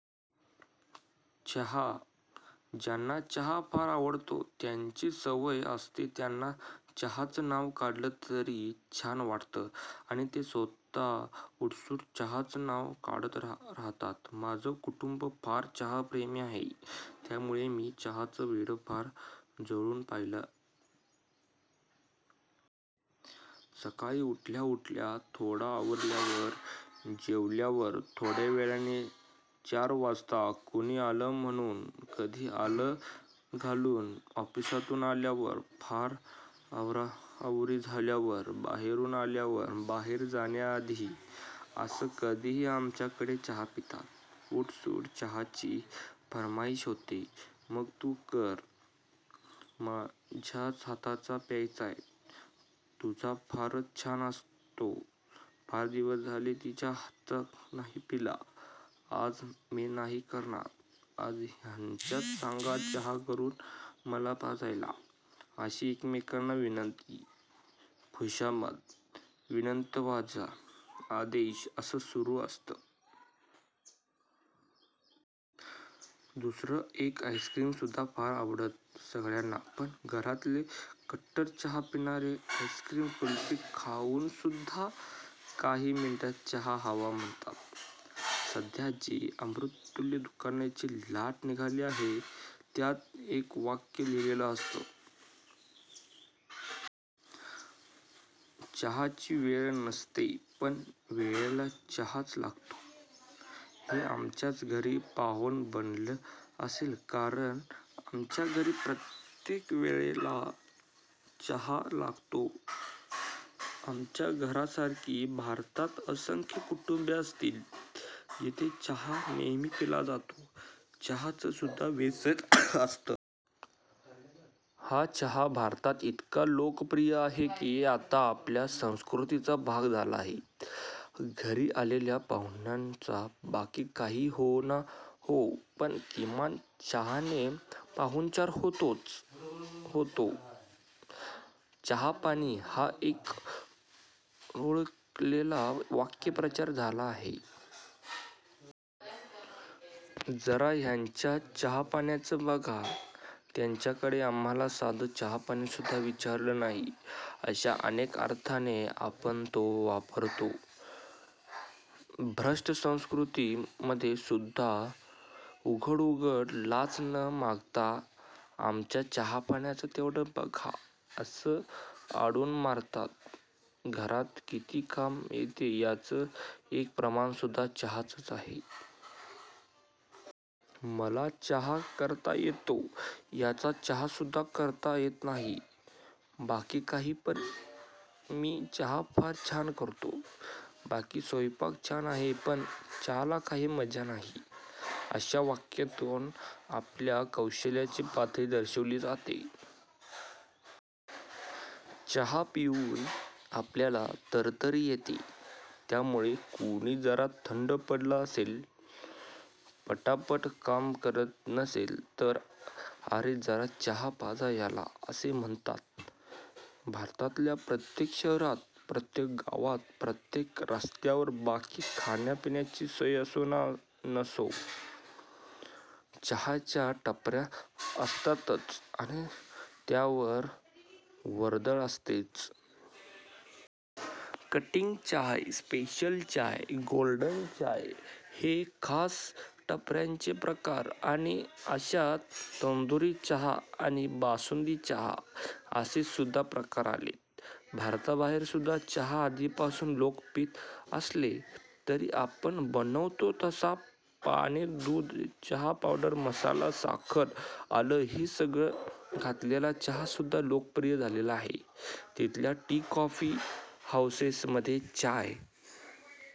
चहा. ज्यांना चहा फार आवडतो, त्याची सवय असते त्यांना चहाचं नाव काढलं तरी छान वाटतं आणि ते स्वतः उठसूट चहाचं नाव काढत राहतात. माझं कुटुंब फार चहाप्रेमी आहे, त्यामुळे मी चहाचं वेड फार जवळून पाहिलंय. सकाळी उठल्या उठल्या, थोडं आवरल्यावर, जेवल्यावर थोड्यावेळाने, चार वाजता, कोणी आलं म्हणून, कधी आलं घालून, ऑफिसातून आल्यावर, फार आवराआवरी झाल्यावर, बाहेरून आल्यावर, बाहेर जाण्याआधी असं कधीही आमच्याकडे चहा पितात. उठसूट चहाची फर्माईश होते, मग तू कर, तुझ्याच हातचा प्यायचाय, तुझा फारच छान असतो, फार दिवस झाले हिच्या हातचा नाही पिला, आज मी नाही करणार, आज ह्यांनाच सांगा चहा करून मला पाजायला, अशी एकमेकांना विनंती, खुशामत, विनंतीवजा आदेश असं सुरु असतं. दुसरं एक आईस्क्रीम सुद्धा फार आवडत सगळ्यांना पण घरातले कट्टर चहा पिणारे आईस्क्रीम कुल्फी खाऊन त्यावर सुद्धा काही मिनिटात चहा हवा म्हणतात. सध्या जी अमृततुल्य दुकानांची लाट निघाली आहे त्यात एक वाक्य लिहिलेलं असतं. चहाची वेळ नसते पण वेळेला चहाच लागतो. ते आमच्याच घरी पाहून बनवलं असेल कारण आमच्या घरी प्रत्येक वेळेला चहा लागतो. आमच्या घरासारखी भारतात असंख्य कुटुंबे असतील जिथे चहा नेहमी पिला जातो. चहाचं सुद्धा व्यसन असतं. हा चहा भारतात इतका लोकप्रिय आहे कि आता आपल्या संस्कृतीचा भाग झाला आहे. घरी आलेल्या पाहुण्यांचा बाकी काही होवो न होवो पण किमान चहाने पाहुणचार होतोच होतो. चहापाणी हा एक रुळलेला वाक्प्रचार झाला आहे. जरा ह्यांच्या चहापाण्याचं बघा, त्यांच्याकडे आम्हाला साधं चहापाणीसुद्धा विचारलं नाही अशा अनेक अर्थाने आपण तो वापरतो. भ्रष्टसंस्कृती मध्ये सुद्धा उघड उघड लाच न मागता आमच्या चहापाण्याचं तेवढं बघा असं आडून मागतात. घरात किती काम येत याच एक प्रमाण सुद्धा चहाच आहे. मला चहा करता येतो, ह्याला चहासुद्धा करता येत नाही, बाकी काही नाही पण मी चहा फार छान करतो, बाकी स्वयंपाक छान आहे पण चहाला काही मजा नाही, अशा वाक्यातून आपल्या कौशल्याची पातळी दर्शवली जाते. चहा पिऊन आपल्याला तरतरी येते. त्यामुळे कोणी जरा थंड पडलं असेल, पटापट काम करत नसेल तर अरे जरा चहा पाजा ह्याला असं म्हणतात. भारतातल्या प्रत्येक शहरात, प्रत्येक गावात, प्रत्येक रस्त्यावर बाकी खाण्यापिण्याची सोय असो नसो, चहाच्या टपऱ्या असतातच आणि त्यावर वर्दळ असतेच. कटिंग चाय, स्पेशल चाय, गोल्डन चाय हे खास टपऱ्यांवरचे प्रकार आणि अशात तंदुरी चहा आणि बासुंदी चहा असेसुद्धा प्रकार आलेत. भारताबाहेरसुद्धा चहा आधीपासून लोक पीत असले तरी आपण बनवतो तसा पाणी दूध चहा पावडर मसाला, साखर, आलं हे सगळं घातलेला चहा सुद्धा लोकप्रिय झालेला आहे. तिथल्या टी कॉफी हाऊसेस मध्ये चाय